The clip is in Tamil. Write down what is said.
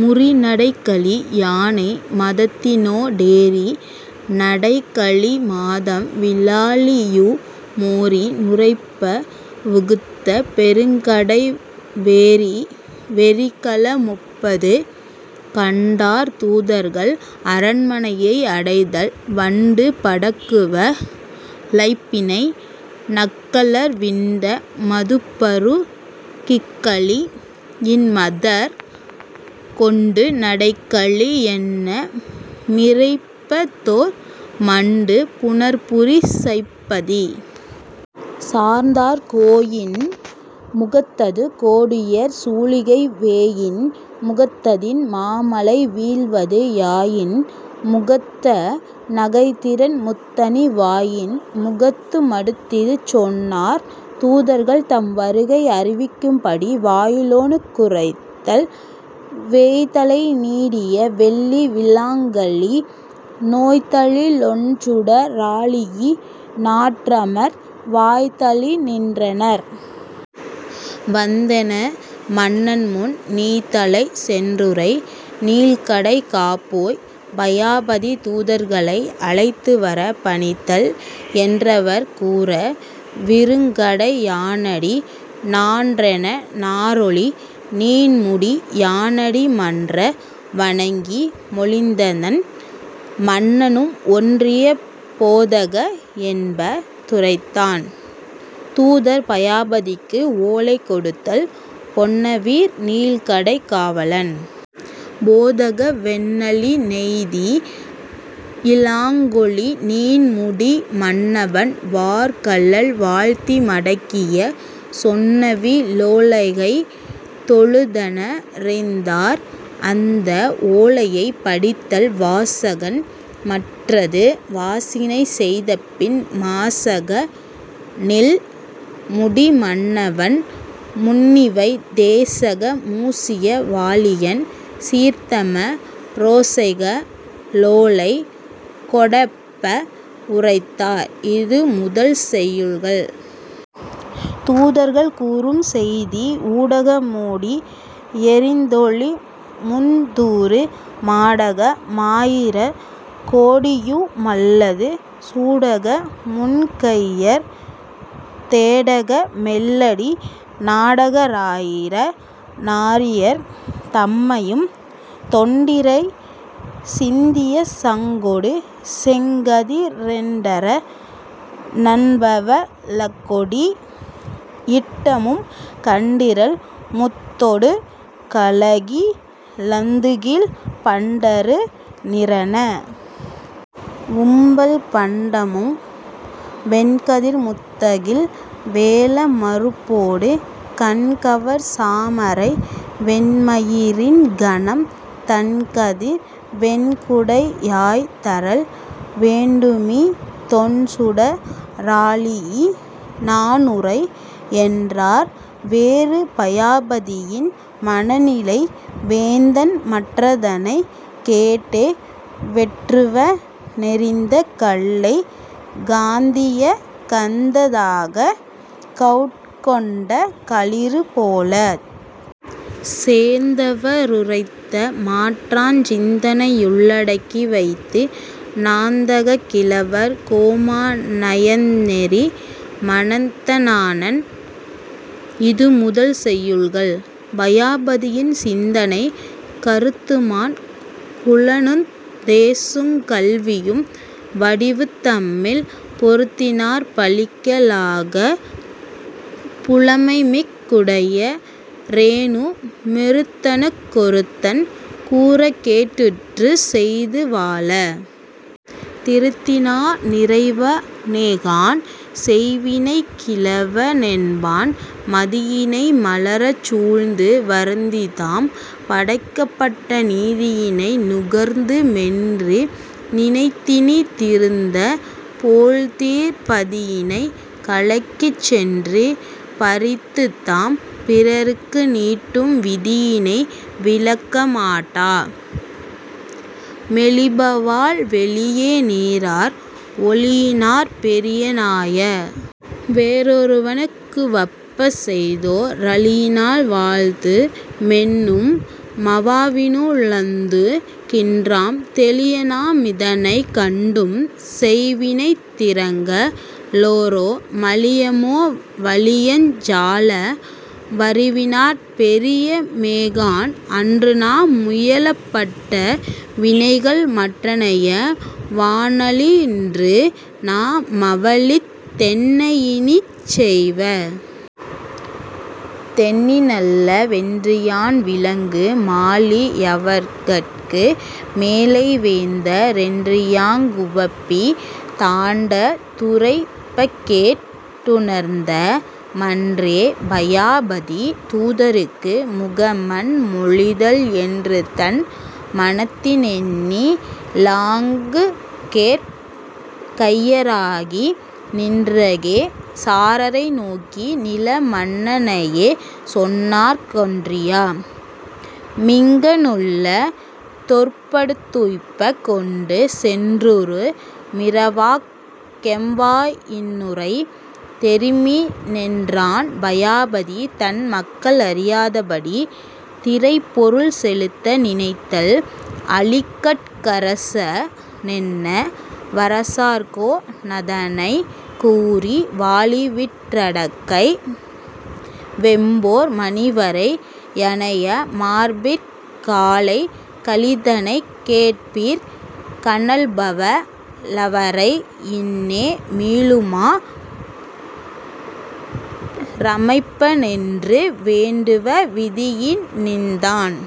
மூரிநடைக்களி யானை மதத்தினொ டேரி னடைக்கலி மாதம் விலாழியு மோரி நுரைப்ப வுகுத்த பெருங்கடை வேரி வெறிக்கள மொப்பது கண்டார் தூதர்கள் அரண்மனையை அடைதல் வண்டு படக்குவ ளைப்பிணை நக்கலர் விண்ட மதுப்பரு கிக்களி யின்மதர் கொண்டு நடைக்களி யன்ன மிரைப்பதொர் மண்டு புனற்புரி சைப்பதி சார்ந்தார் கோயின் முகத்தது கோடுயர் சூளிகை வேயின் முகத்ததின் மாமழை வீழ்வது ஞாயின் முகத்த நகைத்திரண் முத்தணி வாயின் முகத்து மடுத்திது சொன்னார் தூதர்கள் தம் வருகை அறிவிக்கும்படி வாயிலோனுக் குரைத்தல் வேய்தலை நீடிய வெள்ளி விலங்கலி னோய்தலி லொண்சுட ராழியி னான்றமர் வாய்தலி னின்றனர் வந்தென மன்னன்முன் நீதலை சென்றுரை நீள்கடை காப்போய் பயாபதி தூதர்களை அழைத்துவரப் பணித்தல் என்றவர் கூற விருங்கடை யானடி னான்றென நாறொளி நீண்முடி யானடி மன்ற வணங்கி மொழிந்தனன் மன்னனும் ஒன்றிய போதக என்ப துரைத்தான் தூதர் பயாபதிக்கு ஓலை கொடுத்தல் பொன்னவிர் நீள்கடை காவலன் போதக வென்னலி னெய்தி யிலங்கொளி நீண்முடி மன்னவன் வார்கழல் வாழ்த்திமடக்கிய சொன்னவி லோலைகை தொழுதன ரீந்தார் அந்த ஓலையைப் படித்தல் வாசகன் மற்றது வாசினை செய்தபின் மாசக னீள்முடி மன்னவன் முன்னிவை தேசக மூசிய வாழியன் சீர்த்தம ரோசைக ளோலை கொடொப்ப வுரைத்தர் இதுமுதல் செய்யுள்கள் தூதர்கள் கூறும் செய்தி ஊடக மோடி யெரிந்தொளி முந்தூறு மாடக மாயிர கோடியு மல்லது சூடக முன்கையர் தோடக மெல்லடி நாடக ராயிர நாரியர் தம்மையும் தெண்டிரை சிந்திய சங்கொடு செங்கதி ரெண்டர னம்பவ ழக்கொடி யீட்டமும் கண்டிரள் முத்தொடு காழகி லந்துகில் பண்டரு நீரன வும்பல் பண்டமும் வெண்கதிர் முத்தகில் வேழ மருப்பொடு கண்கவர் சாமரை வெண்மயி ரின்கணம் தண்கதிர் வெண்குடை யாய்தரல் வேண்டுமி தொண்சுட ராழியி னானுரை யென்றார் வேறு பயாபதியின் மனநிலை வேந்தன்மற் றதனைக் கேட்டே வெற்றுவ னெறிந்த கல்லைக் காந்திய கந்த தாகக் கவுட்கொண்ட களிரு போலச் சேந்தவ ருரைத்த மாற்றஞ் சிந்தையு ளடக்கி வைத்து நாந்தகக் கிழவர் கோமா னயந்தெரி மனத்த னானான் இதுமுதல் செய்யுள்கள் பயாபதியின் சிந்தனை கருத்துமாண் குலனுந் தேசுங் கல்வியும் வடிவுந் தம்மில் பொருத்தினாற் பழிக்க லாகாப் புலைமைமிக் குடைய ரேனு மொருத்தனுக் கொருத்தன் கூறக்கேட்டுற்றுச் செய்து வாழத் திருத்தினா னிறைவ னேகாண் செய்வினைக் கிழவ னென்பான் மதியினை மலரச் சூழ்ந்து வருந்தித்தாம் படைக்கப் பட்ட நிதியினை நுகர்ந்து மென்று நினைத்தினி திருந்த போழ்திற் பதியினைக் கலக்கிச் சென்று பறித்துத்தாம் பிறர்க்கு நீட்டும் விதியினை விலக்க மாட்டா மெலிபவால் வெளிய நீரார் ஓளியினாற் பெரிய னாய வொருவனுக் குவப்பச் செய்தோ ரளியினால் வாழ்து மென்னும் மவாவினு ளழுந்து கின்றாம் தெளியநா மிதனைக் கண்டும் செய்வினைத் திறங்க ளோரா மளிய மோ வளியஞ் சால வறிவினாற் பெரிய மேகாண் அன்றுநா முயலப் பட்ட வினைகள்மற் றனைய வானா லின்று நா மவலித் தென்னை யினிச்செய்வ தெண்ணி னல்ல வென்றியான் விளங்கு மாழி யவர்கட்கு மேலை வேந்த ரொன்றியாங் குவப்பித் தாண்ட துரைப்பக்கேட் டுணர்ந்தா மன்றே பயாபதி தூதர்க்கு முகமன் மொழிதல் என்றுதன் மனத்தி னெண்ணி யிலங்குகோற் கைய ராகி நின்றகே சரரை நோக்கி நிலமன்ன னனைய சொன்னர்க் கொன்றியா மிங்க ணுள்ள தொருப்படுத் துய்ப்பக் கொண்டு சென்றுறு மிறவர்க் கெம்வா யின்னுரை தெரிமி னென்றான் பயாபதி தன் மக்களறியாதபடி திறைப்பொருள் செலுத்த நினைத்தல் ஆளிகட் கரச னன்ன வரசர்கோ னதனைக் கூறி வாளிவிற் றடக்கை வெம்போர் மணிவரை யனைய மார்பிற் காளைக ளிதனைக் கேட்பிற் கனல்பவா லவரை யின்னே மீளுமா றமைப்ப னென்று வேண்டுவ விதியி னீந்தான்.